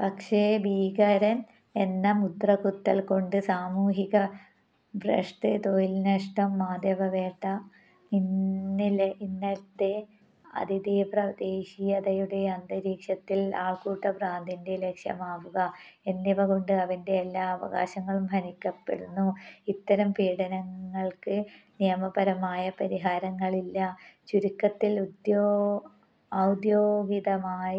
പക്ഷേ, 'ഭീകരൻ' എന്ന മുദ്രകുത്തൽകൊണ്ട്, സാമൂഹിക ഭ്രഷ്ട്, തൊഴിൽനഷ്ടം, മാധ്യമവേട്ട, ഇന്നത്തെ അതിതീവ്ര ദേശീയതയുടെ അന്തരീക്ഷത്തിൽ ആൾക്കൂട്ട ഭ്രാന്തിന്റെ ലക്ഷ്യമാവുക എന്നിവകൊണ്ട് അവന്റെ എല്ലാ അവകാശങ്ങളും ഹനിക്കപ്പെടുന്നു. ഇത്തരം പീഡനങ്ങൾക്ക് നിയമപരമായ പരിഹാരങ്ങളില്ല. ചുരുക്കത്തിൽ, ഔദ്യോഗികമായ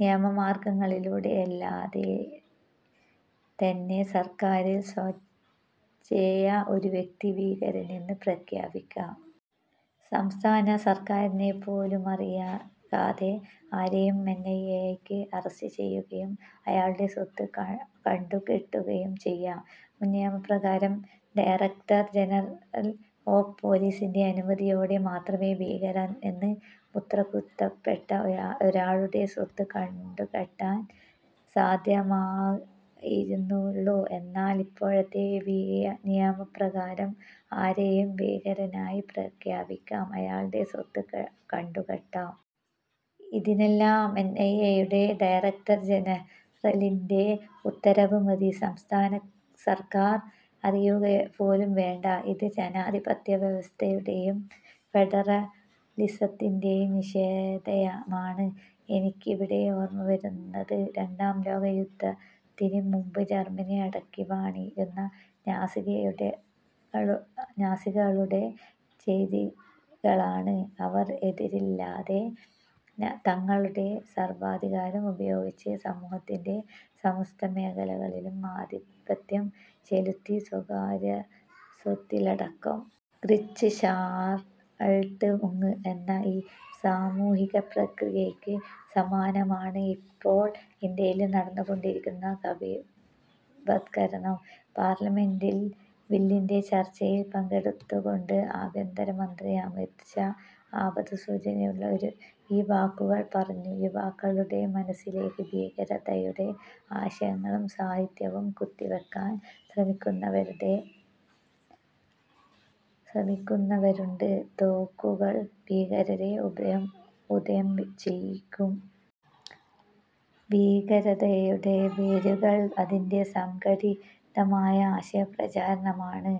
നിയമമാർഗങ്ങളിലൂടെയല്ലാതെത്തന്നെ സർക്കാരിന് സ്വേച്ഛയാ ഒരു വ്യക്തിയെ ഭീകരനെന്നു പ്രഖ്യാപിക്കാം. സംസ്ഥാന സർക്കാരിനെപ്പോലുമറിയിക്കാതെ ആരെയും എൻ. ഐ. എ. യ്ക്ക് അറസ്റ്റ് ചെയ്യുകയും അയാളുടെ സ്വത്ത് കണ്ടുകെട്ടുകയും ചെയ്യാം. മുൻ നിയമപ്രകാരം ഡയറക്ടർ ജനറൽ ഓഫ് പോലീസിന്റെ അനുമതിയോടെ മാത്രമേ ഭീകരനെന്ന് മുദ്രകുത്തപ്പെട്ട ഒരാളുടെ സ്വത്ത് കണ്ടുകെട്ടാൻ സാധ്യമായിരുന്നുള്ളൂ. എന്നാൽ, ഇപ്പോഴത്തെ നിയമപ്രകാരം ആരെയും ഭീകരനായി പ്രഖ്യാപിക്കാം; അയാളുടെ സ്വത്ത് കണ്ടുകെട്ടാം. ഇതിനെല്ലാം എൻ. ഐ. എ. യുടെ ഡയറക്ടർ ജനറലിന്റെ ഉത്തരവ് മതി. സംസ്ഥാനസർക്കാർ അറിയുകപോലും വേണ്ട. ഇത് ജനാധിപത്യവ്യവസ്ഥയുടെയും ഫെഡറലിസത്തിന്റെയും നിഷേധമാണ്. എനിക്കിവിടെ ഓർമവരുന്നത് രണ്ടാം ലോകയുദ്ധത്തിന് മുമ്പ് ജർമനി അടക്കിവാണിരുന്ന നാസികളുടെ ചെയ്തികളാണ്. അവർ എതിരില്ലാത്ത തങ്ങളുടെ സർവാധികാരം ഉപയോഗിച്ച് സമൂഹത്തിന്റെ സമസ്ത മേഖലകളിലും ആധിപത്യം ചെലുത്തി; സ്വകാര്യസ്വത്തിലടക്കം. ഗ്ലീച്ച് ഷാൾട്ട്ഉങ്ങ് എന്ന ഈ സാമൂഹിക പ്രക്രിയയ്ക്ക് സമാനമാണ് ഇപ്പോൾ ഇന്ത്യയിൽ നടന്നുകൊണ്ടിരിക്കുന്ന കാവിവത്കരണം. പാർലമെന്റിൽ ബില്ലിന്റെ ചർച്ചയിൽ പങ്കെടുത്തുകൊണ്ട് ആഭ്യന്തര മന്ത്രി അമിത് ഷാ ആപത് സൂചനയുള്ള ഈ വാക്കുകൾ പറഞ്ഞു: ''യുവാക്കളുടെ മനസ്സിലേക്ക് ഭീകരതയുടെ ആശയങ്ങളും സാഹിത്യവും കുത്തിവെക്കാൻ ശ്രമിക്കുന്നവരുണ്ട്. തോക്കുകൾ ഭീകരരെ ഉദയംചെയ്യിക്കും. ഭീകരതയുടെ വേരുകൾ അതിന്റെ സംഘടിതമായ ആശയപ്രചാരണമാണ്,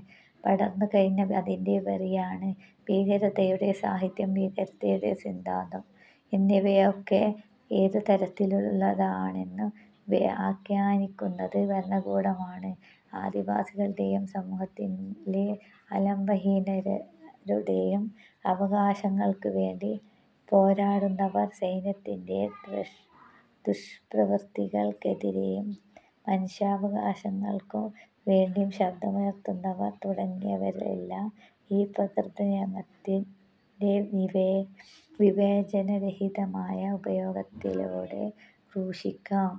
പടർന്നുകഴിഞ്ഞ അതിന്റെ വെറിയാണ്. '' 'ഭീകരതയുടെ സാഹിത്യം', 'ഭീകരതയുടെ സിദ്ധാന്തം' എന്നിവയൊക്കെ ഏതുതരത്തിലുള്ളതാണെന്നു വ്യാഖ്യാനിക്കുന്നത് ഭരണകൂടമാണ്. ആദിവാസികളുടെയും സമൂഹത്തിലെ ആലംബഹീനരുടെയും അവകാശങ്ങൾക്കു വേണ്ടി പോരാടുന്നവർ, സൈന്യത്തിന്റെ ദുഷ്പ്രവൃത്തികൾക്കെതിരേയും മനുഷ്യാവകാശങ്ങൾക്കു വേണ്ടിയും ശബ്ദമുയർത്തുന്നവർ തുടങ്ങിയവരെയെല്ലാം ഈ പ്രാകൃത നിയമത്തിന്റെ വിവേചനരഹിതമായ ഉപയോഗത്തിലൂടെ ക്രൂശിക്കാം.